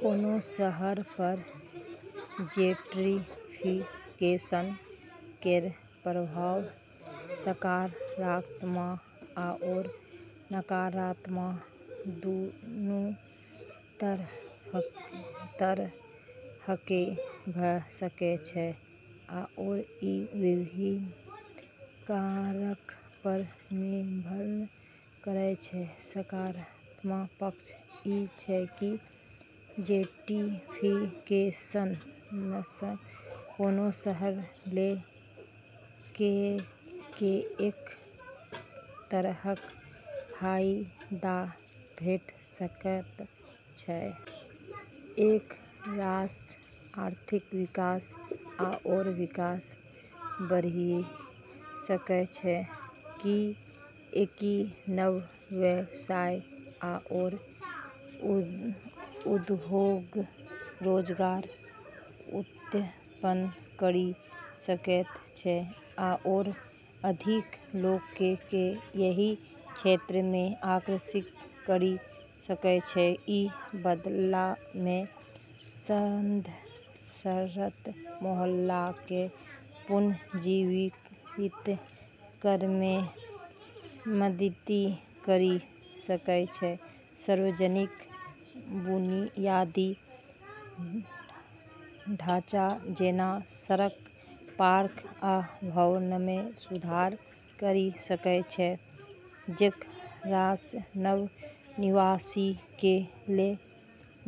कोनो शहर पर जेंट्रिफिकेशन केर प्रभाव सकारात्मक आओर नकारात्मक दुन्नु तरहके भ' सकै छै आओर ई विभिन्न कारक पर निर्भर करै छै। सकारात्मक पक्ष ई छै कि जेंट्रीफिकेशनसँ कोनो शहर लेल कएक तरहक फाइदा भेट सकैत छै। एकरासँ आर्थिक विकास आओर विकास बढ़ि सकैत छै, किएकि नव व्यवसाय आओर उद्योग रोजगार उत्पन्न करि सकैत छै आओर अधिक लोकके एहि क्षेत्रमे आकर्षित करि सकैत छै। ई बदलामे संघर्षरत मोहल्लाके पुनर्जीवित करैमे मदति करि सकय छै, सार्वजनिक बुनियादी ढाँचा, जेना सड़क, पार्क, आ भवनमे सुधार करि सकै छै, जेकरासँ नव निवासीके लेल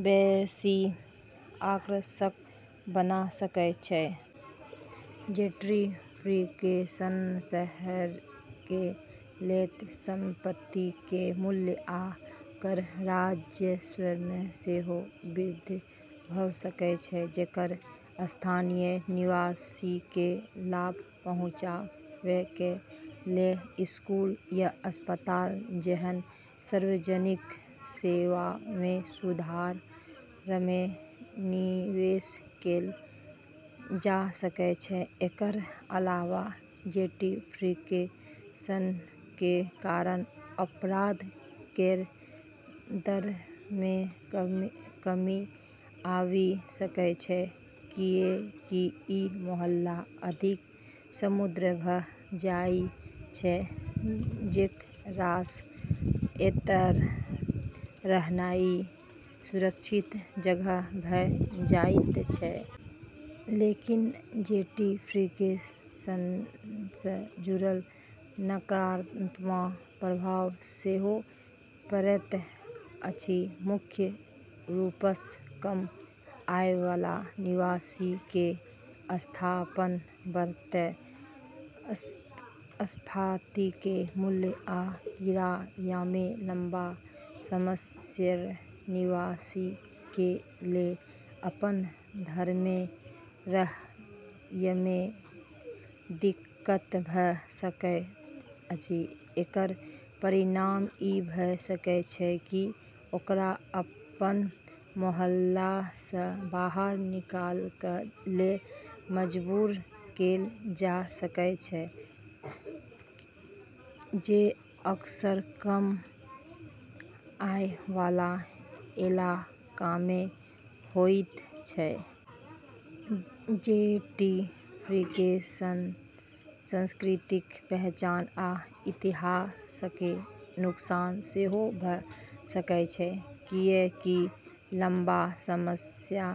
बेशी आकर्षक बना सकै छै । जेंट्रिफिकेशनसँ शहरके लेल संपत्तिके मूल्य आ कर राजस्वमे सेहो वृद्धि भ' सकै छै, जेकरा स्थानीय निवासीके लाभ पहुँचाबैके लेल स्कूल आ अस्पताल जेहन सार्वजनिक सेवामे सुधारमे निवेश कैल जा सकै छै । एकर अलावा जेंट्रिफिकेशनके कारण अपराध केर दरमे कमी आबि सकै छै, किएकि ई मोहल्ला अधिक समृद्ध भ' जाइ छै, जेकरासँ एतऽ रहनाइ सुरक्षित जगह भ' जाइत छै। लेकिन जेंट्रिफिकेशनसँ जुड़ल नकारात्मक प्रभाव सेहो पड़ैत अछि, मुख्य रूपसँ कम आयबला निवासीके विस्थापन । बढ़ैत संपत्तिके मूल्य आ किरायामे लंबा समयसँ निवासीके लेल अपन घरमे रहयमे दिक्कत भ' सकैत अछि । एकर परिणाम ई भ' सकै छै कि ओकरा अपन मोहल्लासँ बाहर निकलैके लेल मजबूर कैल जा सकै छै, जे अक्सर कम आयबला इलाकामे होइत छै । जेंट्रिफिकेशनसँ सांस्कृतिक पहचान आ इतिहासके नुकसान सेहो भ' सकै छै, किएकि लम्बा समयसँ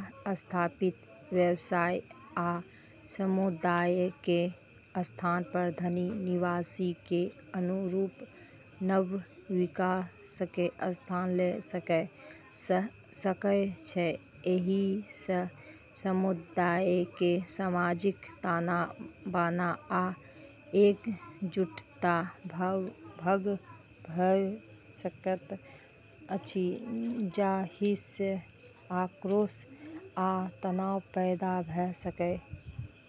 स्थापित व्यवसाय आ समुदायके स्थान पर धनी निवासीके अनुरूप नव विकासके स्थान ल' सकै सकय छै । एहिसँ समुदायके सामाजिक ताना-बाना आ एकजुटता भंग भ' सकैत अछि, जाहिसँ आक्रोश आ तनाव पैदा भ' सकैत अछि।